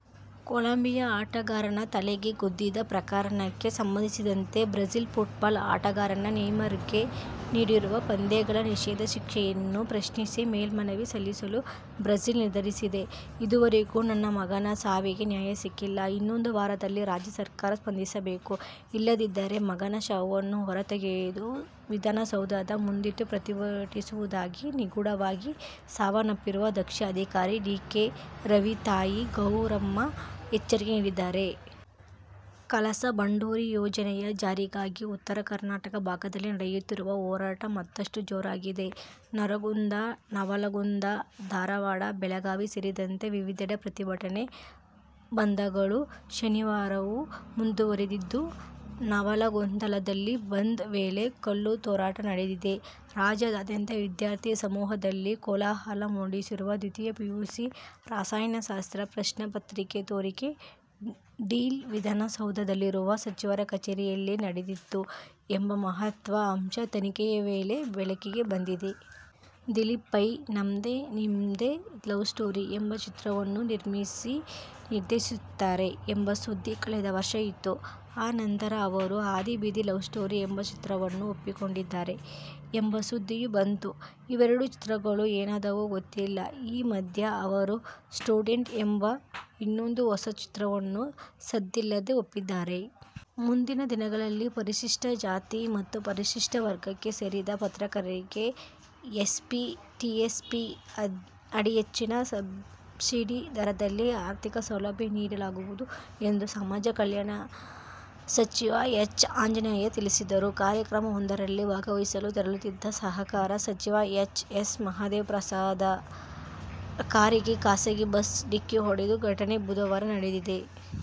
Colombia ಆಟಗಾರನ ತಲೆಗೆ ಗುದ್ದಿದ ಪ್ರಕರಣಕ್ಕೆ ಸಂಬಂಧಿಸಿದಂತೆ ಬ್ರಝಿಲ್ ಫುಟ್ಬಾಲ್ ಆಟಗಾರ ನೇಯ್ಮರ್ಗೆ ನೀಡಿರುವ ಪಂದ್ಯಗಳ ನಿಷೇಧ ಶಿಕ್ಷೆಯನ್ನು ಪ್ರಶ್ನಿಸಿ ಮೇಲ್ಮನವಿ ಸಲ್ಲಿಸಲು ಬ್ರಝಿಲ್ ನಿರ್ಧರಿಸಿದೆ. ಇದುವರೆಗೆ ನನ್ನ ಮಗನ ಸಾವಿಗೆ ನ್ಯಾಯ ಸಿಕ್ಕಿಲ್ಲ. ಇನ್ನೊಂದು ವಾರದಲ್ಲಿ ರಾಜ್ಯ ಸರ್ಕಾರ ಸ್ಪಂದಿಸಬೇಕು. ಇಲ್ಲದಿದ್ದರೆ ಮಗನ ಶವವನ್ನು ಹೊರತೆಗೆದು ವಿಧಾನಸೌಧದ ಮುಂದಿಟ್ಟು ಪ್ರತಿಭಟಿಸುವುದಾಗಿ ನಿಗೂಢವಾಗಿ ಸಾವನ್ನಪ್ಪಿರುವ ದಕ್ಷ ಅಧಿಕಾರಿ ಡಿಕೆ ರವಿ ತಾಯಿ ಗೌರಮ್ಮ ಎಚ್ಚರಿಕೆ ನೀಡಿದ್ದಾರೆ. ಕಳಸಾ-ಬಂಡೂರಿ ಯೋಜನೆಯ ಜಾರಿಗಾಗಿ ಉತ್ತರ ಕರ್ನಾಟಕ ಭಾಗದಲ್ಲಿ ನಡೆಯುತ್ತಿರುವ ಹೋರಾಟ ಮತ್ತಷ್ಟು ಜೋರಾಗಿದೆ. ನರಗುಂದ, ನವಲಗುಂದ, ಧಾರವಾಡ, ಬೆಳಗಾವಿ ಸೇರಿದಂತೆ ವಿವಿಧೆಡೆ ಪ್ರತಿಭಟನೆ, ಬಂದ್ಗಳು ಶನಿವಾರವೂ ಮುಂದುವರಿದಿದ್ದು, ನವಲಗುಂದದಲ್ಲಿ ಬಂದ್ ವೇಳೆ ಕಲ್ಲು ತೂರಾಟ ನಡೆದಿದೆ. ರಾಜ್ಯಾದ್ಯಂತ ವಿದ್ಯಾರ್ಥಿ ಸಮೂಹದಲ್ಲಿ ಕೋಲಾಹಲ ಮೂಡಿಸಿರುವ ದ್ವಿತೀಯ ಪಿಯುಸಿ ರಸಾಯನಶಾಸ್ತ್ರ ಪ್ರಶ್ನೆ ಪತ್ರಿಕೆ ಸೋರಿಕೆಯ ಡೀಲ್ ವಿಧಾನ ಸೌಧದಲ್ಲಿರುವ ಸಚಿವರ ಕಚೇರಿಯಲ್ಲೇ ನಡೆದಿತ್ತು ಎಂಬ ಮಹತ್ವದ ಅಂಶ ತನಿಖೆಯ ವೇಳೆ ಬೆಳಕಿಗೆ ಬಂದಿದೆ. ದಿಲೀಪ್ ಪೈ "ನಮ್ದೆ ನಿಮ್ದೆ ಲವ್ಸ್ಟೋರಿ' ಎಂಬ ಚಿತ್ರವನ್ನು ನಿರ್ಮಿಸಿ-ನಿರ್ದೇಶಿಸುತ್ತಾರೆ ಎಂಬ ಸುದ್ದಿ ಕಳೆದ ವರ್ಷ ಇತ್ತು. ಆ ನಂತರ ಅವರು "ಹಾದಿಬೀದಿ ಲವ್ಸ್ಟೋರಿ' ಎಂಬ ಚಿತ್ರವನ್ನು ಒಪ್ಪಿಕೊಂಡಿದ್ದಾರೆ ಎಂಬ ಸುದ್ದಿಯೂ ಬಂತು. ಇವೆರೆಡು ಚಿತ್ರಗಳು ಏನಾದವೋ ಗೊತ್ತಿಲ್ಲ. ಈ ಮಧ್ಯೆ ಅವರು "ಸ್ಟೂಡೆಂಟ್ಸ್' ಎಂಬ ಇನ್ನೊಂದು ಹೊಸ ಚಿತ್ರವನ್ನು ಸದ್ದಿಲ್ಲದೆ ಒಪ್ಪಿದ್ದಾರೆ. ಮುಂದಿನ ದಿನಗಳಲ್ಲಿ ಪರಿಶಿಷ್ಟ ಜಾತಿ ಮತ್ತು ಪರಿಶಿಷ್ಟ ವರ್ಗಕ್ಕೆ ಸೇರಿದ ಪತ್ರಕರ್ತರಿಗೆ ಎಸ್ಸಿಪಿ-ಟಿಎಸ್ಪಿ ಅಡಿ ಹೆಚ್ಚಿನ ಸಬ್ಸಿಡಿ ದರದಲ್ಲಿ ಆರ್ಥಿಕ ಸೌಲಭ್ಯ ನೀಡ ಲಾಗುವುದು ಎಂದು ಸಮಾಜ ಕಲ್ಯಾಣ ಸಚಿವ ಎಚ್. ಆಂಜನೇಯ ತಿಳಿಸಿದರು. ಕಾರ್ಯಕ್ರಮವೊಂದರಲ್ಲಿ ಭಾಗವಹಿಸಲು ತೆರಳುತ್ತಿದ್ದ ಸಹಕಾರ ಸಚಿವ ಎಚ್. ಎಸ್. ಮಹದೇವಪ್ರಸಾದ್ರ ಕಾರಿಗೆ ಖಾಸಗಿ ಬಸ್ ಡಿಕ್ಕಿ ಹೊಡೆದ ಘಟನೆ ಬುಧವಾರ ನಡೆದಿದೆ.